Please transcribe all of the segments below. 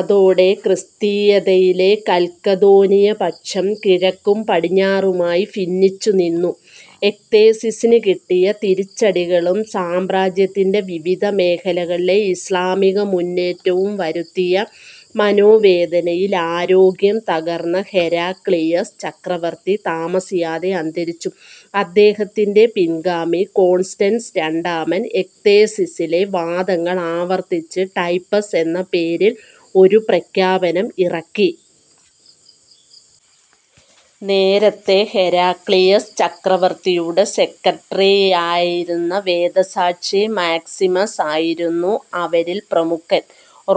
അതോടെ ക്രിസ്തീയതയിലെ കൽക്കദോനിയപക്ഷം കിഴക്കും പടിഞ്ഞാറുമായി ഭിന്നിച്ചുനിന്നു. എക്തേസിസിനു കിട്ടിയ തിരിച്ചടികളും സാമ്രാജ്യത്തിന്റെ വിവിധമേഖലകളിലെ ഇസ്ലാമിക മുന്നേറ്റവും വരുത്തിയ മനോവേദനയിൽ ആരോഗ്യം തകർന്ന ഹെരാക്ലിയസ് ചക്രവർത്തി താമസിയാതെ അന്തരിച്ചു. അദ്ദേഹത്തിന്റെ പിൻഗാമി കോൺസ്റ്റൻസ് രണ്ടാമൻ എക്തേസിസിലെ വാദങ്ങൾ ആവർത്തിച്ച് ടൈപ്പസ് എന്ന പേരിൽ ഒരു പ്രഖ്യാപനം ഇറക്കി. നേരത്തേ ഹെരാക്ലിയസ് ചക്രവർത്തിയുടെ സെക്രട്ടറിയായായിരുന്ന വേദസാക്ഷി മാക്സിമസ് ആയിരുന്നു അവരിൽ പ്രമുഖൻ.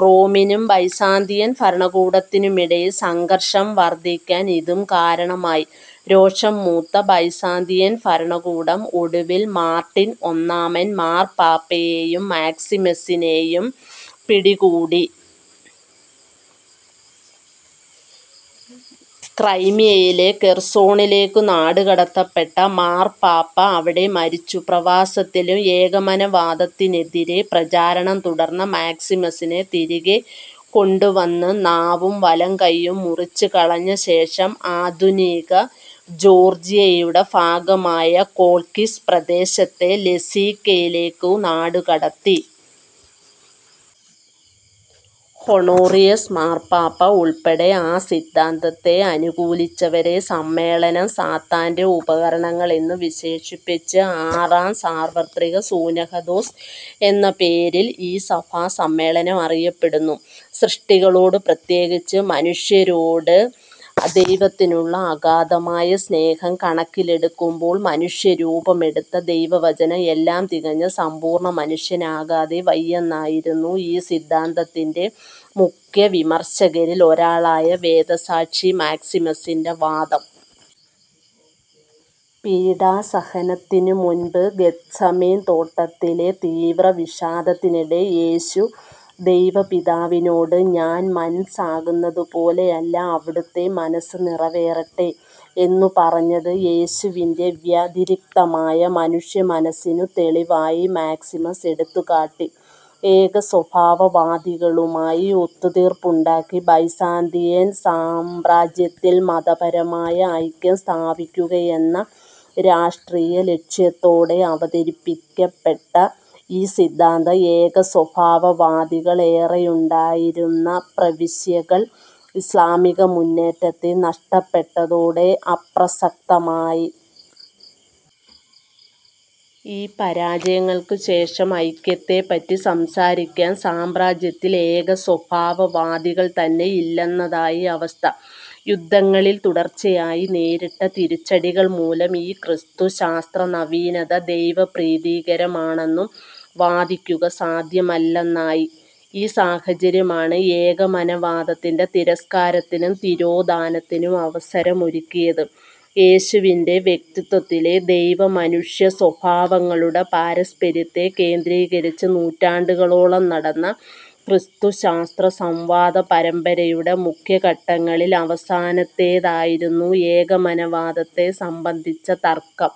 റോമിനും ബൈസാന്തിയൻ ഭരണകൂടത്തിനുമിടയിൽ സംഘർഷം വർദ്ധിക്കാൻ ഇതും കാരണമായി. രോഷം മൂത്ത ബൈസാന്തിയൻ ഭരണകൂടം ഒടുവിൽ മാർട്ടിൻ ഒന്നാമൻ മാർപ്പാപ്പയേയും മാക്സിമസിനേയും പിടികൂടി. ക്രൈമിയയിലെ കെർസോണിലേക്കു നാടുകടത്തപ്പെട്ട മാർപ്പാപ്പ അവിടെ മരിച്ചു. പ്രവാസത്തിലും ഏകമനഃവാദത്തിനെതിരെ പ്രചാരണം തുടർന്ന മാക്സിമസിനെ, തിരികെ കൊണ്ടുവന്ന് നാവും വലംകൈയ്യും മുറിച്ചു കളഞ്ഞ ശേഷം, ആധുനിക ജോർജ്ജിയയുടെ ഭാഗമായ കോൾക്കിസ് പ്രദേശത്തെ ലസീക്കയിലേക്കു നാടുകടത്തി. ഹൊണോറിയസ് മാർപ്പാപ്പ ഉൾപ്പെടെ ആ സിദ്ധാന്തത്തെ അനുകൂലിച്ചവരെ സമ്മേളനം, "സാത്താന്റെ ഉപകരണങ്ങൾ" എന്നു വിശേഷിപ്പിച്ചു. ആറാം സാർവർത്രിക സൂനഹദോസ് എന്ന പേരിൽ ഈ സഭാസമ്മേളനം അറിയപ്പെടുന്നു. സൃഷ്ടികളോട് പ്രത്യേകിച്ച് മനുഷ്യരോട് ദൈവത്തിനുള്ള അഗാധമായ സ്നേഹം കണക്കിലെടുക്കുമ്പോൾ, മനുഷ്യരൂപമെടുത്ത ദൈവവചനം എല്ലാം തികഞ്ഞ സമ്പൂർണ്ണമനുഷ്യൻ ആകാതെ വയ്യെന്നായിരുന്നു ഈ സിദ്ധാന്തത്തിന്റെ മുഖ്യവിമർശകരിൽ ഒരാളായ വേദസാക്ഷി മാക്സിമസിന്റെ വാദം. പീഡാസഹനത്തിനു മുൻപ് ഗെദ്സമേൻ തോട്ടത്തിലെ തീവ്രവിഷാദത്തിനിടെ യേശു, ദൈവപിതാവിനോട് "ഞാൻ മൻസ്സാകുന്നതു പോലെയല്ല, അവിടുത്തെ മനസ്സ് നിറവേറട്ടെ" എന്നു പറഞ്ഞത്, യേശുവിന്റെ വ്യതിരിക്തമായ മനുഷ്യമനസ്സിനു തെളിവായി മാക്സിമസ് എടുത്തുകാട്ടി. ഏകസ്വഭാവവാദികളുമായി ഒത്തുതീർപ്പുണ്ടാക്കി ബൈസാന്തിയൻ സാമ്രാജ്യത്തിൽ മതപരമായ ഐക്യം സ്ഥാപിക്കുകയെന്ന രാഷ്ട്രീയലക്ഷ്യത്തോടെ അവതരിപ്പിക്കപ്പെട്ട ഈ സിദ്ധാന്തം, ഏകസ്വഭാവവാദികൾ ഏറെയുണ്ടായിരുന്ന പ്രവിശ്യകൾ ഇസ്ലാമിക മുന്നേറ്റത്തിൽ നഷ്ടപ്പെട്ടതോടെ അപ്രസക്തമായി. ഈ പരാജയങ്ങൾക്കു ശേഷം, ഐക്യത്തെപ്പറ്റി സംസാരിക്കാൻ സാമ്രാജ്യത്തിൽ ഏകസ്വഭാവവാദികൾ തന്നെ ഇല്ലെന്നതായി അവസ്ഥ. യുദ്ധങ്ങളിൽ തുടർച്ചയായി നേരിട്ട തിരിച്ചടികൾ മൂലം, ഈ ക്രിസ്തുശാസ്ത്രനവീനത ദൈവപ്രീതികരമാണെന്നു വാദിക്കുക സാദ്ധ്യമല്ലെന്നായി. ഈ സാഹചര്യമാണ് ഏകമനഃവാദത്തിന്റെ തിരസ്കാരത്തിനും തിരോധാനത്തിനും അവസരമൊരുക്കിയത്. യേശുവിന്റെ വ്യക്തിത്വത്തിലെ ദൈവ-മനുഷ്യസ്വഭാവങ്ങളുടെ പാരസ്പര്യത്തെ കേന്ദ്രീകരിച്ച് നൂറ്റാണ്ടുകളോളം നടന്ന ക്രിസ്തുശാസ്ത്ര സംവാദപരമ്പരയുടെ മുഖ്യഘട്ടങ്ങളിൽ അവസാനത്തേതായിരുന്നു ഏകമനഃവാദത്തെ സംബന്ധിച്ച തർക്കം.